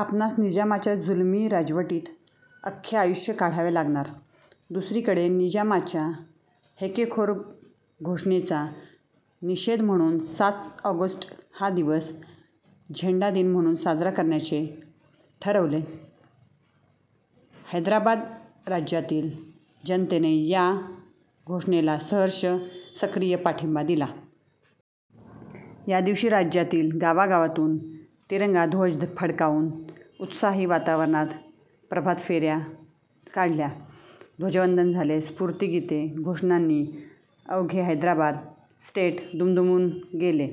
आपणास निजामाच्या जुलमी राजवटीत अख्खे आयुष्य काढावे लागणार! दुसरीकडे निजामाच्या हेकेखोर घोषणेचा निषेध म्हणून सात ऑगस्ट हा दिवस झेंडा दिन म्हणून साजरा करण्याचे ठरवले. हैदराबाद राज्यातील जनतेने या घोषणेला सहर्ष, सक्रिय पाठिंबा दिला. या दिवशी राज्यातील गावागावातून तिरंगा ध्वज फडकावून, उत्साही वातावरणात प्रभातफेर्या काढल्या. ध्वजवंदन झाले. स्फूर्तीगीते, घोषणांनी अवघे हैदराबाद स्टेट दुमदुमून गेले.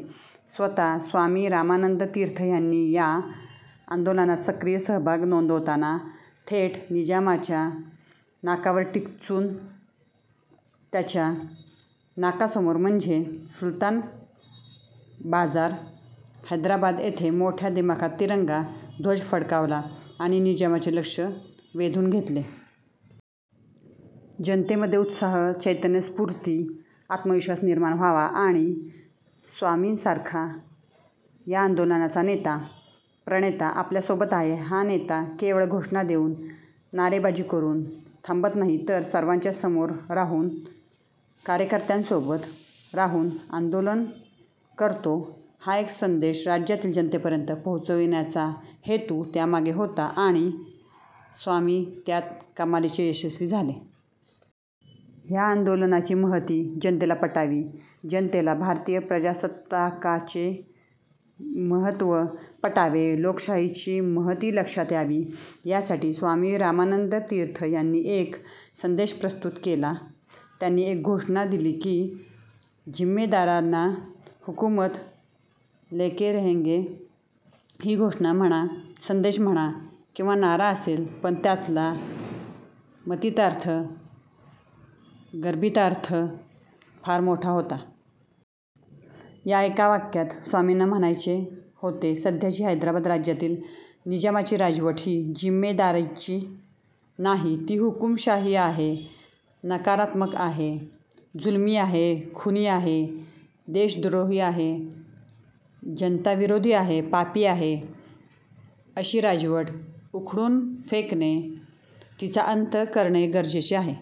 स्वतः स्वामी रामानंद तीर्थ ह्यांनी या आंदोलनात सक्रिय सहभाग नोंदवताना थेट निजामाच्या नाकावर टिच्चून, त्याच्या नाकासमोर म्हणजे सुलतान बाजार, हैदराबाद येथे मोठ्या दिमाखात तिरंगा ध्वज फडकावला आणि निजामाचे लक्ष वेधून घेतले. जनतेमध्ये उत्साह, चैतन्य, स्फूर्ती, आत्मविश्वास निर्माण व्हावा आणि स्वामींसारखा या आंदोलनाचा नेता, प्रणेता आपल्या सोबत आहे, हा नेता केवळ घोषणा देऊन, नारेबाजी करून थांबत नाही, तर सर्वांच्या समोर राहून, कार्यकर्त्यांसोबत राहून आंदोलन करतो, हा एक संदेश राज्यातील जनतेपर्यंत पोहोचविण्याचा हेतू त्यामागे होता आणि स्वामी त्यात कमालीचे यशस्वी झाले. ह्या आंदोलनाची महती जनतेला पटावी, जनतेला भारतीय प्रजासत्ताकाचे महत्त्व पटावे, लोकशाहीची महती लक्षात यावी यासाठी स्वामी रामानंद तीर्थ यांनी एक संदेश प्रस्तुत केला. त्यांनी एक घोषणा दिली की, जिम्मेदाराना हुकुमत लेके रहेंगे! ही घोषणा म्हणा, संदेश म्हणा किंवा नारा असेल, पण त्यातला मतितार्थ, गर्भितार्थ फार मोठा होता. या एका वाक्यात स्वामींना म्हणायचे होते, सध्याची हैदराबाद राज्यातील निजामाची राजवट ही जिम्मेदारीची नाही. ती हुकुमशाही आहे. नकारात्मक आहे. जुलमी आहे. खुनी आहे. देशद्रोही आहे. जनताविरोधी आहे. पापी आहे. अशी राजवट उखडून फेकणे, तिचा अंत करणे गरजेचे आहे.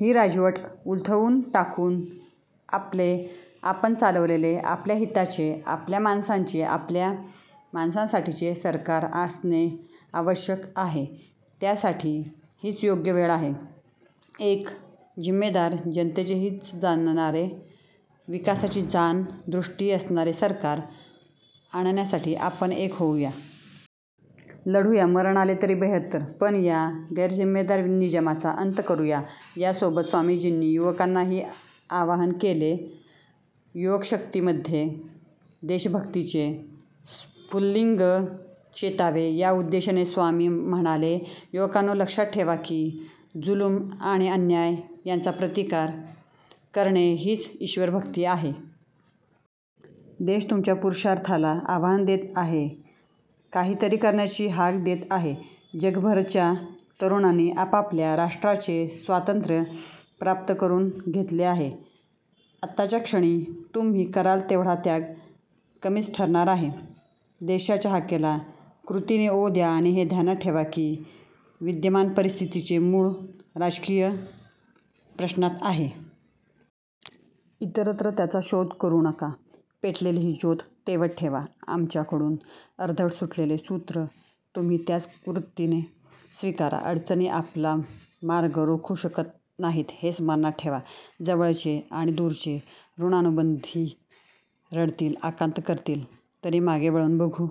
ही राजवट उलथवून टाकून आपले, आपण चालवलेले, आपल्या हिताचे, आपल्या माणसांचे, आपल्या माणसांसाठीचे सरकार असणे आवश्यक आहे. त्यासाठी हीच योग्य वेळ आहे. एक जिम्मेदार, जनतेचे हित जाणणारे, विकासाची जाण, दृष्टी असणारे सरकार आणण्यासाठी आपण एक होऊया. लढूया. मरण आले तरी बेहत्तर, पण या गैरजिम्मेदार निजामाचा अंत करूया. या सोबत स्वामीजींनी युवकांनाही आवाहन केले. युवकशक्तीमध्ये देशभक्तीचे स्फुल्लिंग चेतावे या उद्देशाने स्वामी म्हणाले, युवकांनो, लक्षात ठेवा की जुलूम आणि अन्याय यांचा प्रतिकार करणे हीच ईश्वरभक्ती आहे. देश तुमच्या पुरुषार्थाला आवाहन देत आहे. काही तरी करण्याची हाक देत आहे. जगभरच्या तरुणांनी आपापल्या राष्ट्रांचे स्वातंत्र्य प्राप्त करून घेतले आहे. आताच्या क्षणी तुम्ही कराल तेवढा त्याग कमीच ठरणार आहे. देशाच्या हाकेला कृतीने ओ द्या आणि हे ध्यानात ठेवा की, विद्यमान परिस्थितीचे मूळ राजकीय प्रश्नात आहे. इतरत्र त्याचा शोध करू नका. पेटलेली ही ज्योत तेवत ठेवा. आमच्याकडून अर्धवट सुटलेले सूत्र तुम्ही त्याच वृत्तीने स्वीकारा. अडचणी आपला मार्ग रोखू शकत नाहीत हे स्मरणात ठेवा. जवळचे आणि दूरचे ऋणानुबंधी रडतील, आकांत करतील, तरी मागे वळून बघू